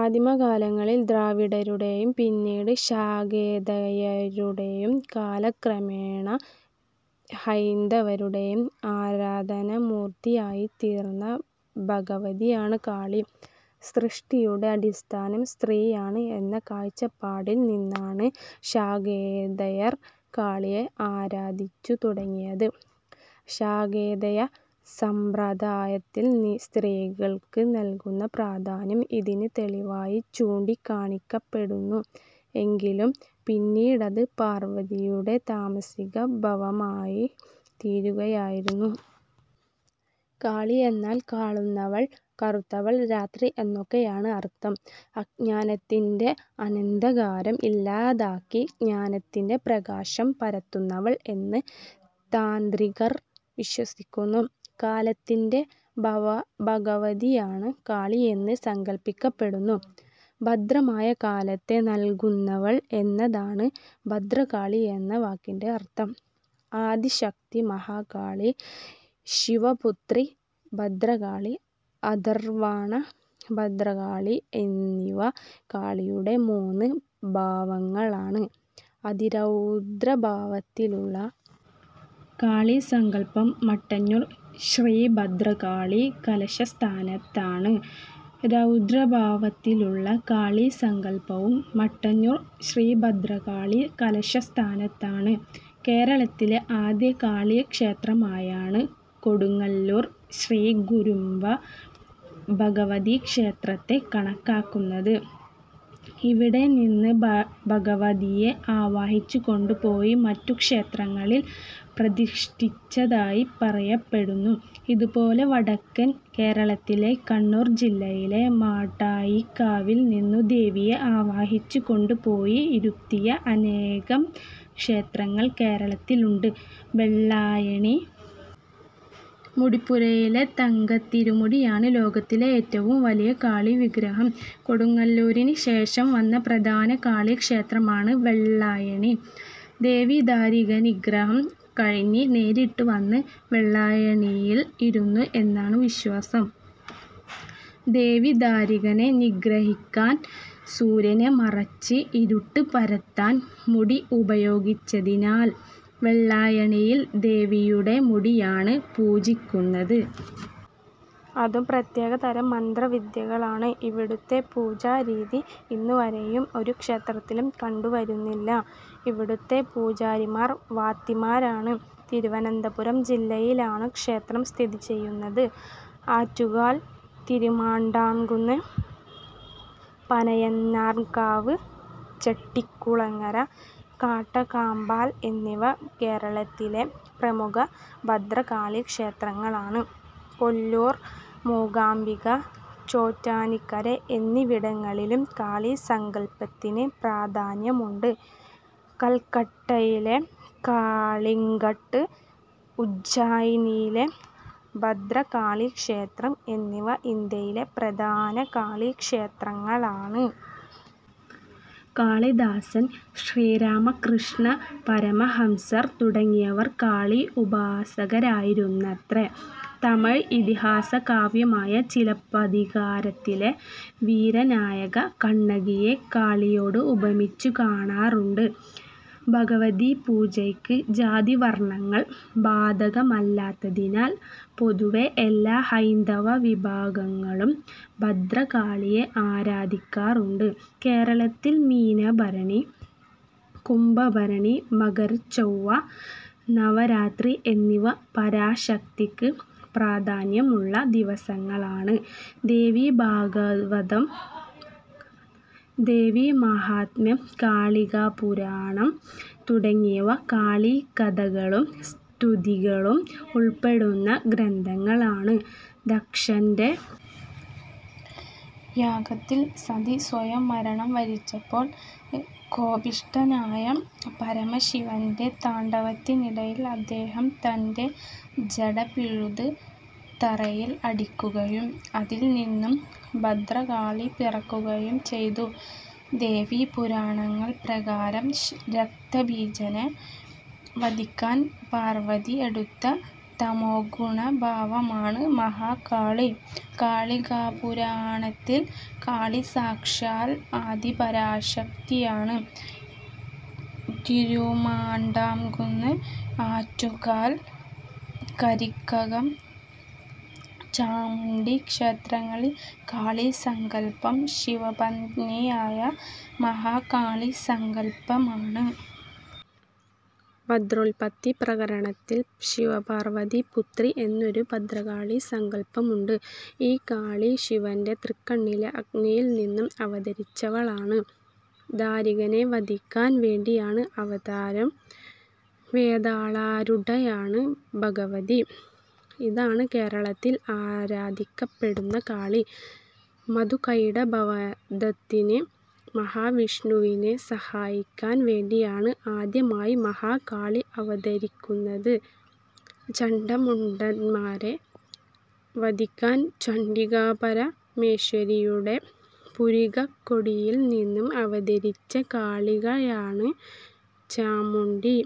ആദിമകാലങ്ങളിൽ ദ്രാവിഡരുടേയും പിന്നീട് ശാക്തേയരുടെയും കാലക്രമേണ ഹൈന്ദവരുടേയും ആരാധനാമൂർത്തിയായിത്തീർന്ന ഭഗവതിയാണ് കാളി. സൃഷ്ടിയുടെ അടിസ്ഥാനം സ്ത്രീയാണ് എന്ന കാഴ്ചപ്പാടിൽ നിന്നാണ് ശാക്തേയർ കാളിയെ ആരാധിച്ചു തുടങ്ങിയത്. ശാക്തേയ സമ്പ്രദായത്തിൽ സ്ത്രീക്ക് നൽകുന്ന പ്രാധാന്യം ഇതിന് തെളിവായി ചൂണ്ടിക്കാണിക്കപ്പെടുന്നു. എങ്കിലും പിന്നീടത് പാർവതിയുടെ താമസിക ഭവമായി തീരുകയായിരുന്നു. കാളി എന്നാൽ കാളുന്നവൾ, കറുത്തവൾ, രാത്രി എന്നൊക്കെയാണ് അർഥം. അജ്ഞാനത്തിൻ്റെ അന്ധകാരം ഇല്ലാതാക്കി ജ്ഞാനത്തിൻ്റെ പ്രകാശം പരത്തുന്നവൾ എന്ന് താന്ത്രികർ വിശ്വസിക്കുന്നു. കാലത്തിൻ്റെ പവ ഭഗവതിയാണ് കാളി എന്ന് സങ്കൽപ്പിക്കപ്പെടുന്നു. ഭദ്രമായ കാലത്തെ നൽകുന്നവൾ എന്നതാണ് ഭദ്രകാളി എന്ന വാക്കിൻ്റെ അർഥം. ആദിശക്തി മഹാകാളി, ശിവപുത്രി ഭദ്രകാളി, അഥർവാണ ഭദ്രകാളി എന്നിവ കാളിയുടെ മൂന്ന് ഭാവങ്ങളാണ്. അതിരൗദ്രഭാവത്തിലുള്ള കാളീസങ്കൽപ്പം മട്ടന്നൂർ ശ്രീഭദ്രകാളീ കലശസ്ഥാനത്താണ്. രൗദ്രഭാവത്തിലുള്ള കാളീസങ്കൽപ്പവും മട്ടന്നൂർ ശ്രീഭദ്രകാളീ കലശസ്ഥാനത്താണ്. കേരളത്തിലെ ആദ്യ കാളീക്ഷേത്രമായാണ് കൊടുങ്ങല്ലൂർ ശ്രീകുരുംബ ഭഗവതീ ക്ഷേത്രത്തെ കണക്കാക്കുന്നത്. ഇവിടെനിന്ന് ഭഗവതിയെ ആവാഹിച്ചുകൊണ്ടുപോയി മറ്റു ക്ഷേത്രങ്ങളിൽ പ്രതിഷ്ഠിച്ചതായി പറയപ്പെടുന്നു. ഇതുപോലെ വടക്കൻ കേരളത്തിലെ കണ്ണൂർ ജില്ലയിലെ മാടായിക്കാവിൽനിന്നും ദേവിയെ ആവാഹിച്ചുകൊണ്ടുപോയി ഇരുത്തിയ അനേകം ക്ഷേത്രങ്ങൾ കേരളത്തിലുണ്ട്. വെള്ളായണി മുടിപ്പുരയിലെ തങ്കത്തിരുമുടിയാണ് ലോകത്തിലെ ഏറ്റവും വലിയ കാളിവിഗ്രഹം. കൊടുങ്ങല്ലൂരിന് ശേഷം വന്ന പ്രധാന കാളീക്ഷേത്രമാണ് വെള്ളായണി. ദേവി ദാരികനിഗ്രഹം കഴിഞ്ഞ് നേരിട്ട് വന്ന് വെള്ളായണിയിൽ ഇരുന്നു എന്നാണ് വിശ്വാസം. ദേവി ദാരികനെ നിഗ്രഹിക്കാൻ സൂര്യനെ മറച്ച് ഇരുട്ട് പരത്താൻ മുടി ഉപയോഗിച്ചതിനാൽ വെള്ളായണിയിൽ ദേവിയുടെ മുടിയാണ് പൂജിക്കുന്നത്. അതും പ്രത്യേകതരം മന്ത്രവിദ്യകളാണ്. ഇവിടുത്തെ പൂജാരീതി ഇന്നുവരെയും ഒരു ക്ഷേത്രത്തിലും കണ്ടുവരുന്നില്ല. ഇവിടുത്തെ പൂജാരിമാർ വാത്തിമാരാണ്. തിരുവനന്തപുരം ജില്ലയിലാണ് ക്ഷേത്രം സ്ഥിതി ചെയ്യുന്നത്. ആറ്റുകാൽ, തിരുമാന്ധാംകുന്ന്, പനയന്നാർകാവ്, ചെട്ടിക്കുളങ്ങര, കാട്ടകാമ്പാൽ എന്നിവ കേരളത്തിലെ പ്രമുഖ ഭദ്രകാളീക്ഷേത്രങ്ങളാണ്. കൊല്ലൂർ മൂകാംബിക, ചോറ്റാനിക്കര എന്നിവിടങ്ങളിലും കാളീസങ്കൽപ്പത്തിന് പ്രാധാന്യമുണ്ട്. കൽക്കട്ടയിലെ കാളിഘട്ട്, ഉജ്ജയിനിയിലെ ഭദ്രകാളീക്ഷേത്രം എന്നിവ ഇന്ത്യയിലെ പ്രധാന കാളീക്ഷേത്രങ്ങളാണ്. കാളിദാസൻ, ശ്രീരാമകൃഷ്ണപരമഹംസർ തുടങ്ങിയവർ കാളി ഉപാസകരായിരുന്നത്രേ. തമിഴ് ഇതിഹാസകാവ്യമായ ചിലപ്പതികാരത്തിലെ വീരനായിക കണ്ണകിയെ കാളിയോട് ഉപമിച്ചുകാണാറുണ്ട്. ഭഗവതീപൂജയ്ക്ക് ജാതിവർണ്ണങ്ങൾ ബാധകമല്ലാത്തതിനാൽ പൊതുവേ എല്ലാ ഹൈന്ദവവിഭാഗങ്ങളും ഭദ്രകാളിയെ ആരാധിക്കാറുണ്ട്. കേരളത്തിൽ മീനഭരണി, കുംഭഭരണി, മകരച്ചൊവ്വ, നവരാത്രി എന്നിവ പരാശക്തിക്ക് പ്രാധാന്യമുള്ള ദിവസങ്ങളാണ്. ദേവീഭാഗവതം, ദേവീമാഹാത്മ്യം, കാളികാപുരാണം തുടങ്ങിയവ കാളീകഥകളും സ്തുതികളും ഉൾപ്പെടുന്ന ഗ്രന്ഥങ്ങളാണ്. ദക്ഷൻ്റെ യാഗത്തിൽ സതി സ്വയം മരണം വരിച്ചപ്പോൾ കോപിഷ്ഠനായ പരമശിവൻ്റെ താണ്ഡവത്തിനിടയിൽ അദ്ദേഹം തൻ്റെ ജട പിഴുത് തറയിൽ അടിക്കുകയും അതിൽനിന്നും ഭദ്രകാളി പിറക്കുകയും ചെയ്തു. ദേവീപുരാണങ്ങൾ പ്രകാരം രക്തബീജനെ വധിക്കാൻ പാർവതി എടുത്ത തമോഗുണഭാവമാണ് മഹാകാളി. കാളികാപുരാണത്തിൽ കാളി സാക്ഷാൽ ആദിപരാശക്തിയാണ്. തിരുമാന്ധാംകുന്ന്, ആറ്റുകാൽ, കരിക്കകം ചാമുണ്ഡി ക്ഷേത്രങ്ങളിൽ കാളീസങ്കൽപ്പം ശിവപത്നിയായ മഹാകാളീസങ്കൽപ്പമാണ്. ഭദ്രോൽപ്പത്തി പ്രകരണത്തിൽ ശിവപാർവതി പുത്രി എന്നൊരു ഭദ്രകാളീസങ്കൽപ്പമുണ്ട്. ഈ കാളി ശിവൻ്റെ തൃക്കണ്ണിലെ അഗ്നിയിൽനിന്നും അവതരിച്ചവളാണ്. ദാരികനെ വധിക്കാൻ വേണ്ടിയാണ് അവതാരം. വേതാളാരൂഢയാണ് ഭഗവതി. ഇതാണ് കേരളത്തിൽ ആരാധിക്കപ്പെടുന്ന കാളി. മധുകൈടഭവധത്തിന് മഹാവിഷ്ണുവിനെ സഹായിക്കാൻ വേണ്ടിയാണ് ആദ്യമായി മഹാകാളി അവതരിക്കുന്നത്. ചണ്ഡമുണ്ഡന്മാരെ വധിക്കാൻ ചണ്ഡികാപരമേശ്വരിയുടെ പുരികക്കൊടിയിൽനിന്നും അവതരിച്ച കാളികയാണ് ചാമുണ്ഡി.